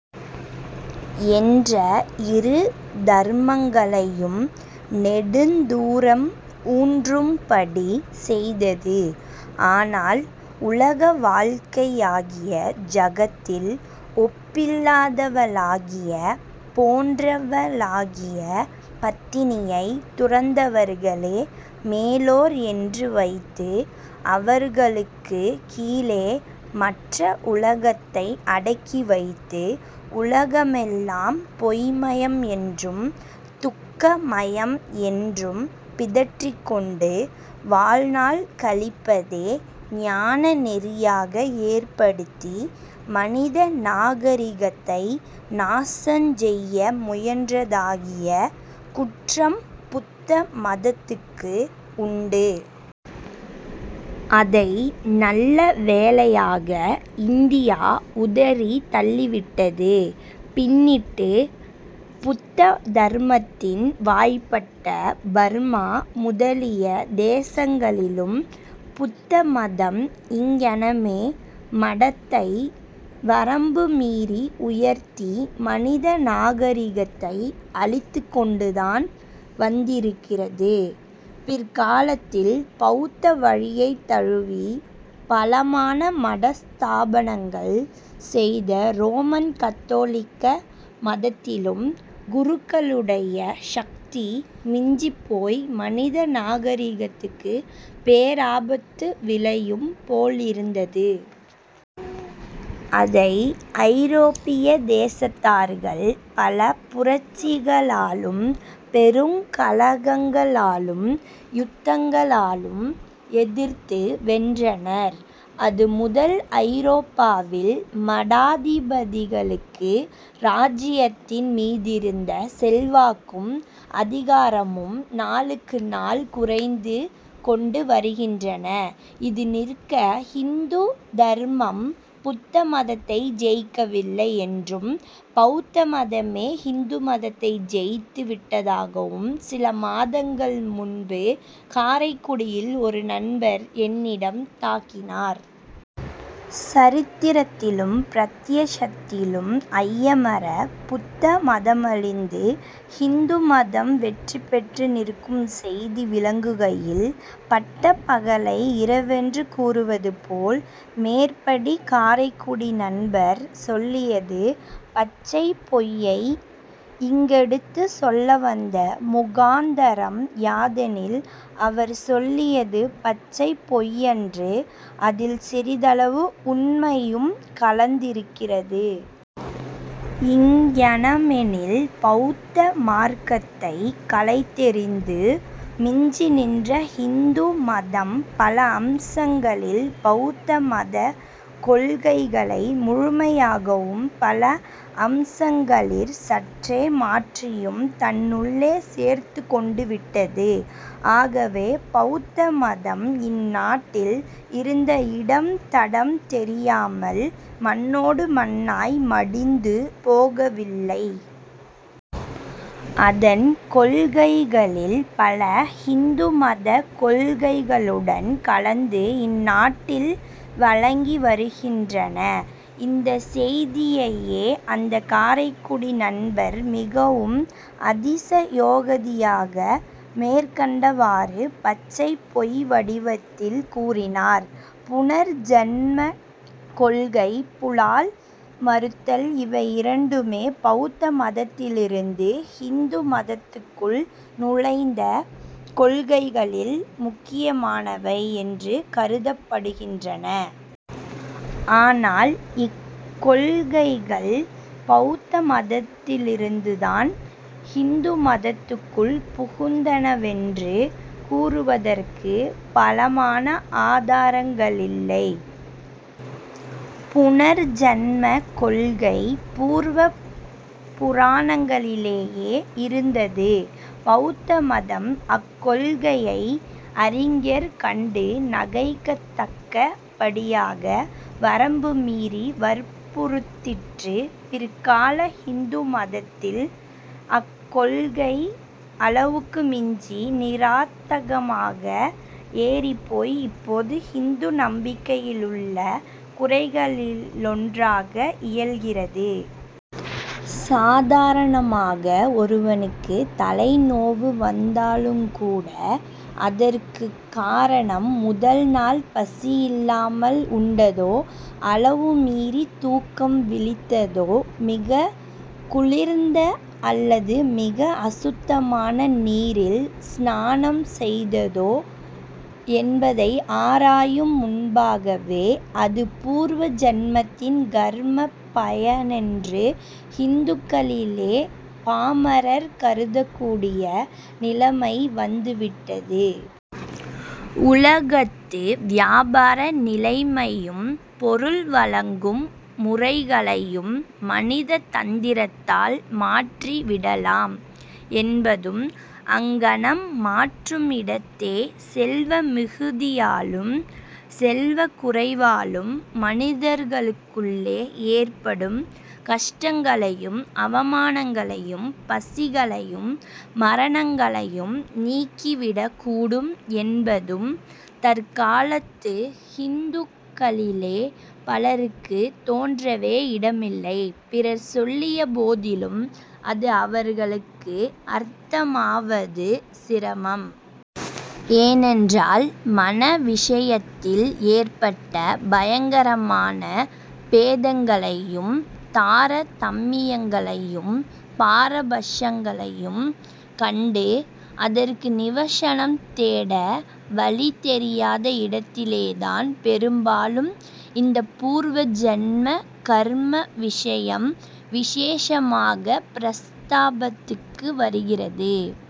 என்ற இரு தர்மங்களையும் நெடுந்தூரம் ஊன்றும்படி செய்தது. ஆனால், உலக வாழ்க்கையாகிய ஜகத்தில் ஒப்பில்லாதவளாகிய போன்றவளாகிய பத்தினியைத் துறந்தவர்களே மேலோர் என்று வைத்து, அவர்களுக்குக் கீழே மற்ற உலகத்தை அடக்கி வைத்து உலகமெல்லாம் பொய் மயம் என்றும், துக்க மயம் என்றும் பிதற்றிக் கொண்டு வாழ்நாள் கழிப்பதே ஞான நெறியாக ஏற்படுத்தி மனித நாகரிகத்தை நாசஞ் செய்ய முயன்றதாகிய குற்றம் புத்த மதத்துக்கு உண்டு. அதை நல்ல வேளையாக இந்தியா உதறித் தள்ளிவிட்டது. பின்னிட்டுப் புத்த தர்மத்தின் வாய்ப்பட்ட பர்மா முதலிய தேசங்களிலும் புத்த மதம் இங்ஙனமே மடத்தை வரம்பு மீறி உயர்த்தி மனித நாகரிகத்தை அழித்துக் கொண்டுதான் வந்திருக்கிறது. பிற்காலத்தில் பௌத்த வழியைத் தழுவி, பலமான மட ஸ்தாபனங்கள் செய்த ரோமன் கத்தோலிக்க மதத்திலும் குருக்களுடைய சக்தி மிஞ்சிப் போய் மனித நாகரிகத்துக்குப் பேராபத்து விளையும் போலிருந்தது. அதை ஐரோப்பிய தேசத்தார்கள் பல புரட்சிகளாலும், பெருங் கலகங்களாலும், யுத்தங்களாலும் எதிர்த்து வென்றனர். அது முதல் ஐரோப்பாவில் மடாதிபதிகளுக்கு ராஜ்யத்தின் மீதிருந்த செல்வாக்கும் அதிகாரமும் நாளுக்கு நாள் குறைந்து கொண்டு வருகின்றன. இது நிற்க. ஹிந்து தர்மம் புத்த மதத்தை ஜெயிக்கவில்லை யென்றும், பௌத்த மதமே ஹிந்து மதத்தை ஜெயித்து விட்டதாகவும் சில மாதங்கள் முன்பு, காரைக்குடியில் ஒரு நண்பர் என்னிடம் தாக்கினார். சரித்திரத்திலும் பிரத்யக்ஷத்திலும் ஐயமற புத்த மதமழிந்து, ஹிந்து மதம் வெற்றி பெற்று நிற்கும் செய்தி விளங்குகையில், பட்டப் பகலை இரவென்று கூறுதல் போல், மேற்படி காரைக்குடி நண்பர் சொல்லியது பச்சைப் பொய்யை இங்கெடுத்துச் சொல்லவந்த முகாந்தரம் யாதெனில் அவர் சொல்லியது பச்சைப் பொய்யன்று. அதில் சிறிதளவு உண்மையும் கலந்திருக்கிறது. எங்ஙனமெனில், பௌத்த மார்க்கத்தை களைத்தெறிந்து மிஞ்சி நின்ற ஹிந்து மதம் பல அம்சங்களில் பௌத்த மதக் கொள்கைகளை முழுமையாகவும் பல அம்சங்களிற் சற்றே மாற்றியும் தன்னுள்ளே சேர்த்துக் கொண்டுவிட்டது. ஆகவே பௌத்த மதம் இந்நாட்டில் இருந்த இடம் தடம் தெரியாமல் மண்ணோடு மண்ணாய் மடிந்து போகவில்லை. அதன் கொள்கைகளில் பல ஹிந்து மதக் கொள்கைகளுடன் கலந்து இந்நாட்டில் வழங்கி வருகின்றன. இந்தச் செய்தியையே அந்தக் காரைக்குடி நண்பர் மிகவும் அதிச யோகதியாக மேற்கண்டவாறு பச்சைப் பொய் வடிவத்தில் கூறினார். புனர் ஜன்மக் கொள்கை, புலால் மறுத்தல் இவை இரண்டுமே பௌத்த மதத்திலிருந்து ஹிந்து மதத்துக்குள் நுழைந்த கொள்கைகளில் முக்கியமானவை என்று கருதப் படுகின்றன. ஆனால், இக்கொள்கைகள் பௌத்த மதத்திலிருந்துதான் ஹிந்து மதத்துக்குள் புகுந்தனவென்று கூறுவதற்குப் பலமான ஆதாரங்களில்லை. புனர் ஜன்ம கொள்கை பூர்வ புராணங்களிலேயே இருந்தது. பௌத்த மதம் அக்கொள்கையை அறிஞர் கண்டு நகைக்கத்தக்க படியாக, வரம்பு மீறி வற்புறுத்திற்று. பிற்கால ஹிந்து மதத்தில் அக்கொள்கை அளவுக்கு மிஞ்சி, நிரார்த்தகமாக ஏறிப்போய் இப்போது ஹிந்து நம்பிக்கையிலுள்ள குறைகளிலொன்றாக இயல்கிறது. சாதாரணமாக ஒருவனுக்குத் தலை நோவு வந்தாலுங்கூட, அதற்குக் காரணம் 'முதல்நாள் பசியில்லாமல் உண்டதோ, அளவு மீறித் தூக்கம் விழித்ததோ, மிகக் குளிர்ந்த அல்லது மிக அசுத்தமான நீரில் ஸ்நானம் செய்ததோ என்பதை ஆராயும் முன்பாகவே அது பூர்வ ஜன்மத்தின் கர்மப் பயனென்று ஹிந்துக்களிலே பாமரர் கருதக்கூடிய நிலைமை வந்துவிட்டது. உலகத்து வியாபார நிலைமையையும், பொருள் வழங்கும் முறைகளையும் மனித தந்திரத்தால் மாற்றி விடலாம் என்பதும், அங்ஙனம் மாற்றுமிடத்தே செல்வ மிகுதியாலும் செல்வக் குறைவாலும் மனிதர்களுக்குள்ளே ஏற்படும் கஷ்டங்களையும், அவமானங்களையும், பசிகளையும், மரணங்களையும் நீக்கிவிடக் கூடும் என்பதும் தற்காலத்து ஹிந்துக்களிலே பலருக்கு தோன்றவே இடமில்லை. பிறர் சொல்லிய போதிலும் அது அவர்களுக்கு அர்த்தமாவது சிரமம். ஏனென்றால், மண விஷயத்தில் ஏற்பட்ட பயங்கரமான பேதங்களையும், தார தம்மியங்களையும், பாரபக்ஷங்களையும் கண்டு, அதற்கு நிவக்ஷணம் தேட வழி தெரியாத இடத்திலேதான், பெரும்பாலும் இந்தப் பூர்வ ஜன்ம கர்ம விஷயம் விசேஷமாகப் பிரஸ்தாபத்துக்கு வருகிறது.